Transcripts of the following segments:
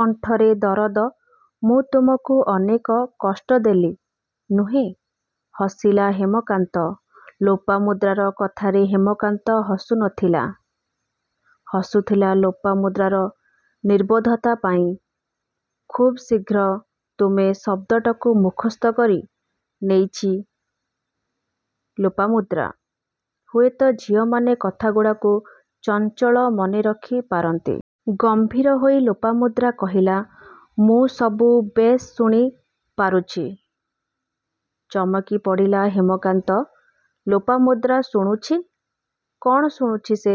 କଣ୍ଠରେ ଦରଦ-''ମୁଁ ତୁମକୁ ଅନେକ କଷ୍ଟ ଦେଲି, ନୁହେଁ? '' ହସିଲା ହେମକାନ୍ତ। ଲୋପାମୁଦ୍ରାର କଥାରେ ହେମକାନ୍ତ ହସୁ ନ ଥିଲା। ହସୁଥିଲା ଲୋପାମୁଦ୍ରାର ନିର୍ବୋଧତା ପାଇଁ। ଖୁବ୍ ଶୀଘ୍ର 'ତୁମେ' ଶବ୍ଦଟାକୁ ମୁଖସ୍ଥ କରି ନେଇଛି ଲୋପାମୁଦ୍ରା-। ହୁଏତ ଝିଅମାନେ କଥାଗୁଡ଼ାକୁ ଚଞ୍ଚଳ ମନେ ରଖି ପାରନ୍ତି। ଗମ୍ଭୀର ହୋଇ ଲୋପାମୁଦ୍ରା କହିଲା-''ମୁଁ ସବୁ ବେଶ୍ ଶୁଣି ପାରୁଛି। '' ଚମକି ପଡ଼ିଲା ହେମକାନ୍ତ। ଲୋପାମୁଦ୍ରା ଶୁଣୁଛି। କ'ଣ ଶୁଣୁଛି ସେ?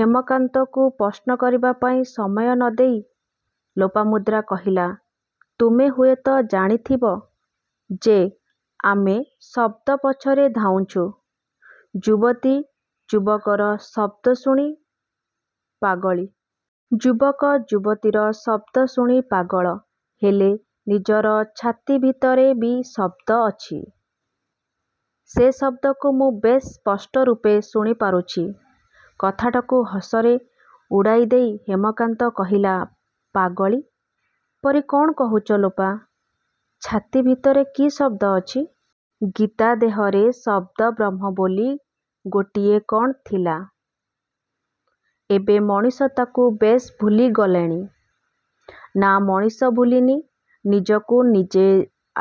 ହେମକାନ୍ତକୁ ପ୍ରଶ୍ନ କରିବାପାଇଁ ସମୟ ନ ଦେଇ ଲୋପାମୁଦ୍ରା କହିଲା-''ତୁମେ ହୁଏତ ଜାଣିଥିବ ଯେ ଆମେ ଶବ୍ଦ ପଛରେ ଧାଉଁଛୁ। ଯୁବତୀ ଯୁବକର ଶବ୍ଦ ଶୁଣି ପାଗଳୀ। ଯୁବକ ଯୁବତୀର ଶବ୍ଦ ଶୁଣି ପାଗଳ। ହେଲେ ନିଜର ଛାତି ଭିତରେ ବି ଶବ୍ଦ ଅଛି। ସେ ଶବ୍ଦକୁ ମୁଁ ବେଶ୍ ସ୍ପଷ୍ଟ ରୂପେ ଶୁଣି ପାରୁଛି। କଥାଟାକୁ ହସରେ ଉଡ଼ାଇ ଦେଇ ହେମକାନ୍ତ କହିଲା-''ପାଗଳୀ ପରି କ'ଣ କହୁଛ ଲୋପା? ଛାତି ଭିତରେ କି ଶବ୍ଦ ଅଛି? ଗୀତା ଦେହରେ ଶବ୍ଦବ୍ରହ୍ମ ବୋଲି ଗୋଟାଏ କ'ଣ ଥିଲା। ଏବେ ମଣିଷ ତାକୁ ବେଶ୍ ଭୁଲି ଗଲେଣି? '' ''ନାଁ ମଣିଷ ଭୁଲିନି, ନିଜକୁ ନିଜେ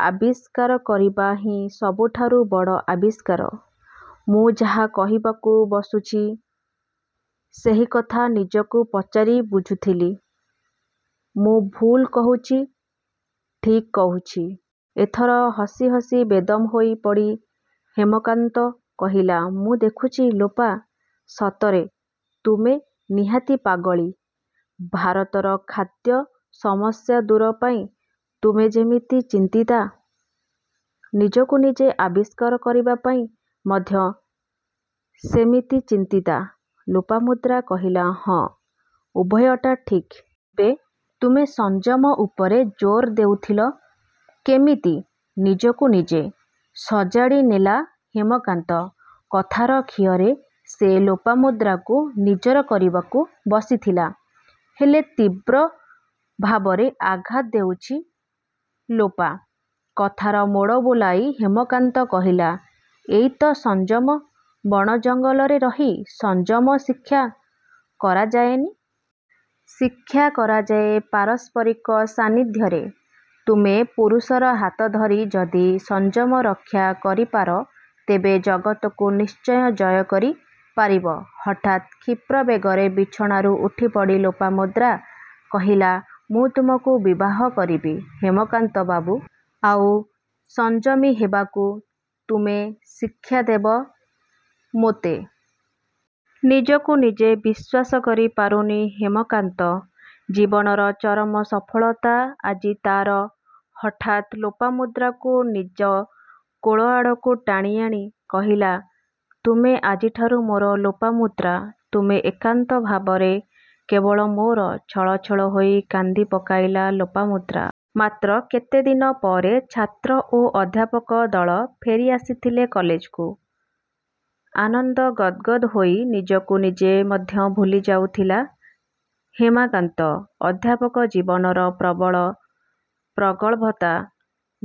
ଆବିଷ୍କାର କରିବା ହିଁ ସବୁଠାରୁ ବଡ଼ ଆବିଷ୍କାର। ମୁଁ ଯାହା କହିବାକୁ ବସୁଛି ସେହିକଥା ନିଜକୁ ପଚାରି ବୁଝୁଥିଲି-ମୁଁ ଭୁଲ୍ କହୁଛି ଠିକ୍ କହୁଛି। '' ଏଥର ହସି ହସି ବେଦମ୍ ହୋଇ ପଡ଼ି ହେମକାନ୍ତ କହିଲା-ମୁଁ ଦେଖୁଛି ଲୋପା! ସତରେ ତୁମେ ନିହାତି ପାଗଳୀ। ଭାରତର ଖାଦ୍ୟ ସମସ୍ୟା ଦୂର ପାଇଁ ତୁମେ ଯେମିତି ଚିନ୍ତିତା ନିଜକୁ ନିଜେ ଆବିଷ୍କାର କରିବାପାଇଁ ମଧ୍ୟ ସେମିତି ଚିନ୍ତିତା। ଲୋପାମୁଦ୍ରା କହିଲା-''ହଁ, ଉଭୟଟା ଠିକ୍। ଏବେ ତୁମେ ସଂଯମ ଉପରେ ଜୋର ଦେଉଥିଲ କେମିତି-? '' ନିଜକୁ ନିଜେ ସଜାଡ଼ି ନେଲା ହେମକାନ୍ତ। କଥାର ଖିଅରେ ସେ ଲୋପାମୁଦ୍ରାକୁ ନିଜର କରିବାକୁ ବସିଥିଲା। ହେଲେ ତୀବ୍ର ଭାବରେ ଆଘାତ ଦେଉଛି ଲୋପା। କଥାର ମୋଡ଼ ବୁଲାଇ ହେମକାନ୍ତ କହିଲା-ଏଇ ତ' ସଂଯମ ବଣ ଜଙ୍ଗଲରେ ରହି ସଂଯମ ଶିକ୍ଷା କରାଯାଏନି। ଶିକ୍ଷା କରାଯାଏ ପାରସ୍ପରିକ ସାନିଧ୍ୟରେ। ତୁମେ ପୁରୁଷର ହାତ ଧରି ଯଦି ସଂଯମ ରକ୍ଷା କରିପାର, ତେବେ ଜଗତକୁ ନିଶ୍ଚୟ ଜୟ କରି ପାରିବ। ହଠାତ୍ କ୍ଷିପ୍ରବେଗରେ ବିଛଣାରୁ ଉଠିପଡ଼ି ଲୋପାମୁଦ୍ରା କହିଲା-ମୁଁ ତୁମକୁ ବିବାହ କରିବି ହେମକାନ୍ତ ବାବୁ। ଆଉ ସଂଯମୀ ହେବାକୁ ତୁମେ ଶିକ୍ଷା ଦେବ ମୋତେ। ନିଜକୁ ନିଜେ ବିଶ୍ୱାସ କରି ପାରୁନି ହେମକାନ୍ତ। ଜୀବନର ଚରମ ସଫଳତା ଆଜି ତା'ର। ହଠାତ୍ ଲୋପାମୁଦ୍ରାକୁ ନିଜ କୋଳ ଆଡ଼କୁ ଟାଣି ଆଣି କହିଲା.. ''ତୁମେ ଆଜିଠାରୁ ମୋର ଲୋପାମୁଦ୍ରା, ତୁମେ ଏକାନ୍ତ ଭାବରେ କେବଳ ମୋର। '' ଛଳଛଳ ହୋଇ କାନ୍ଦି ପକାଇଲା ଲୋପାମୁଦ୍ରା। ମାତ୍ର କେତେଦିନ ପରେ ଛାତ୍ର ଓ ଅଧ୍ୟାପକ ଦଳ ଫେରି ଆସିଥିଲେ କଲେଜକୁ। ଆନନ୍ଦ ଗଦ୍ଗଦ୍ ହୋଇ ନିଜକୁ ନିଜେ ମଧ୍ୟ ଭୁଲିଯାଉଥିଲା ହେମାକାନ୍ତ। ଅଧ୍ୟାପକ ଜୀବନର ପ୍ରବଳ ପ୍ରଗଳ୍ଭତା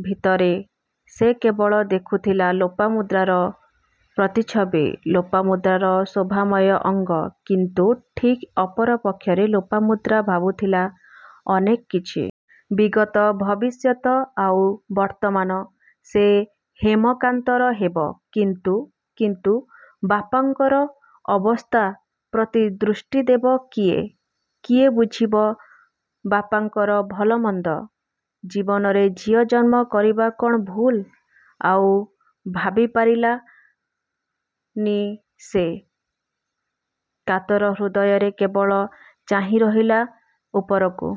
ଭିତରେ ସେ କେବଳ ଦେଖୁଥିଲା ଲୋପାମୁଦ୍ରାର ପ୍ରତିଛବି। ଲୋପାମୁଦ୍ରାର ଶୋଭାମୟ ଅଙ୍ଗ। କିନ୍ତୁ ଠିକ୍ ଅପର ପକ୍ଷରେ ଲୋପାମୁଦ୍ରା ଭାବୁଥିଲା ଅନେକ କିଛି। ବିଗତ, ଭବିଷ୍ୟତ ଆଉ ବର୍ତ୍ତମାନ। ସେ ହେମକାନ୍ତର ହେବ। କିନ୍ତୁ କିନ୍ତୁ ବାପାଙ୍କର ଅବସ୍ଥା ପ୍ରତି ଦୃଷ୍ଟି ଦେବ କିଏ? କିଏ ବୁଝିବ ବାପାଙ୍କର ଭଲ ମନ୍ଦ? ଜୀବନରେ ଝିଅ ଜନ୍ମ କରିବା କ'ଣ ଭୁଲ୍? ଆଉ ଭାବିପାରିଲା ନି ସେ। କାତର ହୃଦୟରେ କେବଳ ଚାହିଁରହିଲା ଉପରକୁ।